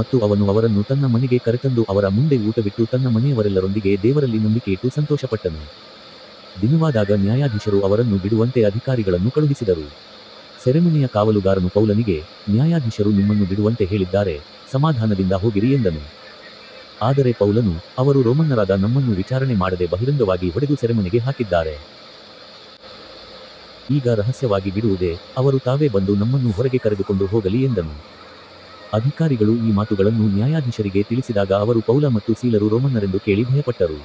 ಮತ್ತು ಅವನು ಅವರನ್ನು ತನ್ನ ಮನೆಗೆ ಕರೆತಂದು ಅವರ ಮುಂದೆ ಊಟವಿಟ್ಟು ತನ್ನ ಮನೆಯವರೆಲ್ಲರೊಂದಿಗೆ ದೇವರಲ್ಲಿ ನಂಬಿಕೆಯಿಟ್ಟು ಸಂತೋಷಪಟ್ಟನು. ದಿನವಾದಾಗ ನ್ಯಾಯಾಧೀಶರು ಅವರನ್ನು ಬಿಡುವಂತೆ ಅಧಿಕಾರಿಗಳನ್ನು ಕಳುಹಿಸಿದರು. ಸೆರೆಮನೆಯ ಕಾವಲುಗಾರನು ಪೌಲನಿಗೆ, ನ್ಯಾಯಾಧೀಶರು ನಿಮ್ಮನ್ನು ಬಿಡುವಂತೆ ಹೇಳಿದ್ದಾರೆ, ಸಮಾಧಾನದಿಂದ ಹೋಗಿರಿ ಎಂದನು. ಆದರೆ ಪೌಲನು, ಅವರು ರೋಮನ್ನರಾದ ನಮ್ಮನ್ನು ವಿಚಾರಣೆ ಮಾಡದೆ ಬಹಿರಂಗವಾಗಿ ಹೊಡೆದು ಸೆರೆಮನೆಗೆ ಹಾಕಿದ್ದಾರೆ. ಈಗ ರಹಸ್ಯವಾಗಿ ಬಿಡುವುದೇ, ಅವರು ತಾವೇ ಬಂದು ನಮ್ಮನ್ನು ಹೊರಗೆ ಕರೆದುಕೊಂಡು ಹೋಗಲಿ ಎಂದನು. ಅಧಿಕಾರಿಗಳು ಈ ಮಾತುಗಳನ್ನು ನ್ಯಾಯಾಧೀಶರಿಗೆ ತಿಳಿಸಿದಾಗ ಅವರು ಪೌಲ ಮತ್ತು ಸೀಲರು ರೋಮನ್ನರೆಂದು ಕೇಳಿ ಭಯಪಟ್ಟರು.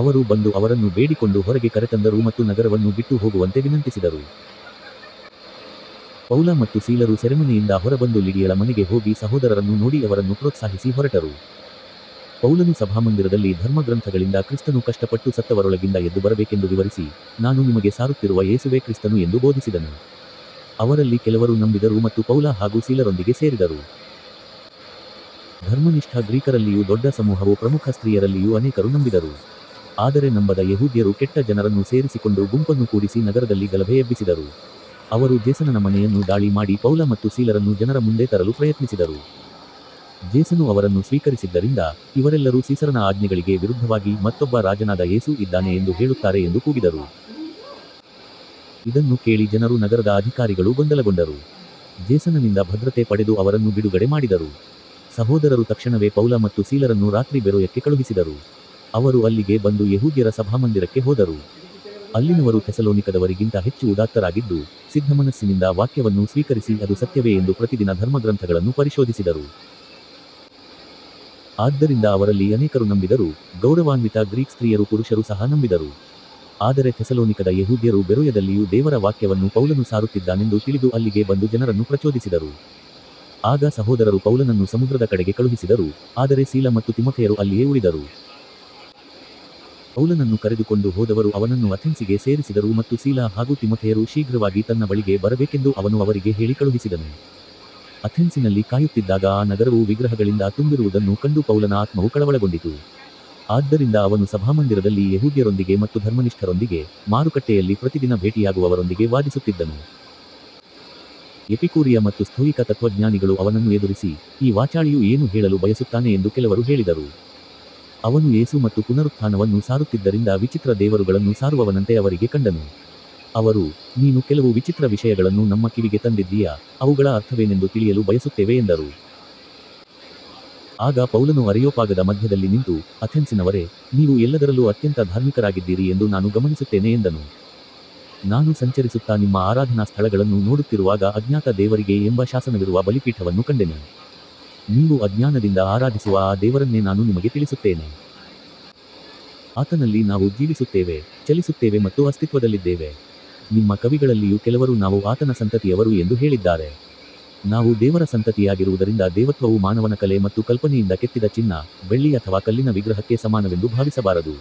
ಅವರು ಬಂದು ಅವರನ್ನು ಬೇಡಿಕೊಂಡು ಹೊರಗೆ ಕರೆತಂದರು ಮತ್ತು ನಗರವನ್ನು ಬಿಟ್ಟು ಹೋಗುವಂತೆ ವಿನಂತಿಸಿದರು. ಪೌಲ ಮತ್ತು ಸೀಲರು ಸೆರೆಮನೆಯಿಂದ ಹೊರಬಂದು ಲಿಡಿಯಳ ಮನೆಗೆ ಹೋಗಿ ಸಹೋದರರನ್ನು ನೋಡಿ ಅವರನ್ನು ಪ್ರೋತ್ಸಾಹಿಸಿ ಹೊರಟರು. ಪೌಲನು ಸಭಾಮಂದಿರದಲ್ಲಿ ಧರ್ಮಗ್ರಂಥಗಳಿಂದ ಕ್ರಿಸ್ತನು ಕಷ್ಟಪಟ್ಟು ಸತ್ತವರೊಳಗಿಂದ ಎದ್ದುಬರಬೇಕೆಂದು ವಿವರಿಸಿ, ನಾನು ನಿಮಗೆ ಸಾರುತ್ತಿರುವ ಯೇಸುವೇ ಕ್ರಿಸ್ತನು ಎಂದು ಬೋಧಿಸಿದನು. ಅವರಲ್ಲಿ ಕೆಲವರು ನಂಬಿದರು ಮತ್ತು ಪೌಲ ಹಾಗೂ ಸೀಲರೊಂದಿಗೆ ಸೇರಿದರು. ಧರ್ಮನಿಷ್ಠ ಗ್ರೀಕರಲ್ಲಿಯೂ ದೊಡ್ಡ ಸಮೂಹವೂ ಪ್ರಮುಖ ಸ್ತ್ರೀಯರಲ್ಲಿಯೂ ಅನೇಕರು ನಂಬಿದರು. ಆದರೆ ನಂಬದ ಯೆಹೂದ್ಯರು ಕೆಟ್ಟ ಜನರನ್ನು ಸೇರಿಸಿಕೊಂಡು ಗುಂಪನ್ನು ಕೂಡಿಸಿ ನಗರದಲ್ಲಿ ಗಲಭೆ ಎಬ್ಬಿಸಿದರು. ಅವರು ಜೇಸನನ ಮನೆಯನ್ನು ದಾಳಿ ಮಾಡಿ ಪೌಲ ಮತ್ತು ಸೀಲರನ್ನು ಜನರ ಮುಂದೆ ತರಲು ಪ್ರಯತ್ನಿಸಿದರು. ಜೇಸನು ಅವರನ್ನು ಸ್ವೀಕರಿಸಿದ್ದರಿಂದ, ಇವರೆಲ್ಲರೂ ಸೀಸರನ ಆಜ್ಞೆಗಳಿಗೆ ವಿರುದ್ಧವಾಗಿ ಮತ್ತೊಬ್ಬ ರಾಜನಾದ ಯೇಸು ಇದ್ದಾನೆ ಎಂದು ಹೇಳುತ್ತಾರೆ ಎಂದು ಕೂಗಿದರು. ಇದನ್ನು ಕೇಳಿ ಜನರೂ ನಗರದ ಅಧಿಕಾರಿಗಳೂ ಗೊಂದಲಗೊಂಡರು. ಜೇಸನನಿಂದ ಭದ್ರತೆ ಪಡೆದು ಅವರನ್ನು ಬಿಡುಗಡೆ ಮಾಡಿದರು. ಸಹೋದರರು ತಕ್ಷಣವೇ ಪೌಲ ಮತ್ತು ಸೀಲರನ್ನು ರಾತ್ರಿ ಬೆರೋಯಕ್ಕೆ ಕಳುಹಿಸಿದರು. ಅವರು ಅಲ್ಲಿಗೆ ಬಂದು ಯೆಹೂದ್ಯರ ಸಭಾಮಂದಿರಕ್ಕೆ ಹೋದರು. ಅಲ್ಲಿನವರು ಥೆಸಲೋನಿಕದವರಿಗಿಂತ ಹೆಚ್ಚು ಉದಾತ್ತರಾಗಿದ್ದು, ಸಿದ್ಧಮನಸ್ಸಿನಿಂದ ವಾಕ್ಯವನ್ನು ಸ್ವೀಕರಿಸಿ ಅದು ಸತ್ಯವೇ ಎಂದು ಪ್ರತಿದಿನ ಧರ್ಮಗ್ರಂಥಗಳನ್ನು ಪರಿಶೋಧಿಸಿದರು. ಆದ್ದರಿಂದ ಅವರಲ್ಲಿ ಅನೇಕರು ನಂಬಿದರು, ಗೌರವಾನ್ವಿತ ಗ್ರೀಕ್ ಸ್ತ್ರೀಯರೂ ಪುರುಷರೂ ಸಹ ನಂಬಿದರು. ಆದರೆ ಥೆಸಲೋನಿಕದ ಯೆಹೂದ್ಯರು ಬೆರೋಯದಲ್ಲಿಯೂ ದೇವರ ವಾಕ್ಯವನ್ನು ಪೌಲನು ಸಾರುತ್ತಿದ್ದಾನೆಂದು ತಿಳಿದು ಅಲ್ಲಿಗೆ ಬಂದು ಜನರನ್ನು ಪ್ರಚೋದಿಸಿದರು. ಆಗ ಸಹೋದರರು ಪೌಲನನ್ನು ಸಮುದ್ರದ ಕಡೆಗೆ ಕಳುಹಿಸಿದರು, ಆದರೆ ಸೀಲ ಮತ್ತು ತಿಮೊಥೆಯರು ಅಲ್ಲಿಯೇ ಉಳಿದರು. ಪೌಲನನ್ನು ಕರೆದುಕೊಂಡು ಹೋದವರು ಅವನನ್ನು ಅಥೆನ್ಸಿಗೆ ಸೇರಿಸಿದರು ಮತ್ತು ಸೀಲ ಹಾಗೂ ತಿಮೊಥೆಯರು ಶೀಘ್ರವಾಗಿ ತನ್ನ ಬಳಿಗೆ ಬರಬೇಕೆಂದು ಅವನು ಅವರಿಗೆ ಹೇಳಿ ಕಳುಹಿಸಿದನು. ಅಥೆನ್ಸಿನಲ್ಲಿ ಕಾಯುತ್ತಿದ್ದಾಗ ಆ ನಗರವು ವಿಗ್ರಹಗಳಿಂದ ತುಂಬಿರುವುದನ್ನು ಕಂಡು ಪೌಲನ ಆತ್ಮವು ಕಳವಳಗೊಂಡಿತು. ಆದ್ದರಿಂದ ಅವನು ಸಭಾಮಂದಿರದಲ್ಲಿ ಯೆಹೂದ್ಯರೊಂದಿಗೆ ಮತ್ತು ಧರ್ಮನಿಷ್ಠರೊಂದಿಗೆ, ಮಾರುಕಟ್ಟೆಯಲ್ಲಿ ಪ್ರತಿದಿನ ಭೇಟಿಯಾಗುವವರೊಂದಿಗೆ ವಾದಿಸುತ್ತಿದ್ದನು. ಎಪಿಕೂರಿಯ ಮತ್ತು ಸ್ಥೋಯಿಕ ತತ್ವಜ್ಞಾನಿಗಳು ಅವನನ್ನು ಎದುರಿಸಿ, ಈ ವಾಚಾಳಿಯು ಏನು ಹೇಳಲು ಬಯಸುತ್ತಾನೆ ಎಂದು ಕೆಲವರು ಹೇಳಿದರು. ಅವನು ಯೇಸು ಮತ್ತು ಪುನರುತ್ಥಾನವನ್ನು ಸಾರುತ್ತಿದ್ದರಿಂದ ವಿಚಿತ್ರ ದೇವರುಗಳನ್ನು ಸಾರುವವನಂತೆ ಅವರಿಗೆ ಕಂಡನು. ಅವರು, ನೀನು ಕೆಲವು ವಿಚಿತ್ರ ವಿಷಯಗಳನ್ನು ನಮ್ಮ ಕಿವಿಗೆ ತಂದಿದ್ದೀಯ, ಅವುಗಳ ಅರ್ಥವೇನೆಂದು ತಿಳಿಯಲು ಬಯಸುತ್ತೇವೆ ಎಂದರು. ಆಗ ಪೌಲನು ಅರೆಯೋಪಾಗದ ಮಧ್ಯದಲ್ಲಿ ನಿಂತು, ಅಥೆನ್ಸಿನವರೇ, ನೀವು ಎಲ್ಲದರಲ್ಲೂ ಅತ್ಯಂತ ಧಾರ್ಮಿಕರಾಗಿದ್ದೀರಿ ಎಂದು ನಾನು ಗಮನಿಸುತ್ತೇನೆ ಎಂದನು. ನಾನು ಸಂಚರಿಸುತ್ತಾ ನಿಮ್ಮ ಆರಾಧನಾ ಸ್ಥಳಗಳನ್ನು ನೋಡುತ್ತಿರುವಾಗ ಅಜ್ಞಾತ ದೇವರಿಗೆ ಎಂಬ ಶಾಸನವಿರುವ ಬಲಿಪೀಠವನ್ನೂ ಕಂಡೆನು. ನೀವು ಅಜ್ಞಾನದಿಂದ ಆರಾಧಿಸುವ ಆ ದೇವರನ್ನೇ ನಾನು ನಿಮಗೆ ತಿಳಿಸುತ್ತೇನೆ. ಆತನಲ್ಲಿ ನಾವು ಜೀವಿಸುತ್ತೇವೆ, ಚಲಿಸುತ್ತೇವೆ ಮತ್ತು ಅಸ್ತಿತ್ವದಲ್ಲಿದ್ದೇವೆ. ನಿಮ್ಮ ಕವಿಗಳಲ್ಲಿಯೂ ಕೆಲವರು ನಾವು ಆತನ ಸಂತತಿಯವರು ಎಂದು ಹೇಳಿದ್ದಾರೆ. ನಾವು ದೇವರ ಸಂತತಿಯಾಗಿರುವುದರಿಂದ ದೇವತ್ವವು ಮಾನವನ ಕಲೆ ಮತ್ತು ಕಲ್ಪನೆಯಿಂದ ಕೆತ್ತಿದ ಚಿನ್ನ, ಬೆಳ್ಳಿ ಅಥವಾ ಕಲ್ಲಿನ ವಿಗ್ರಹಕ್ಕೆ ಸಮಾನವೆಂದು ಭಾವಿಸಬಾರದು.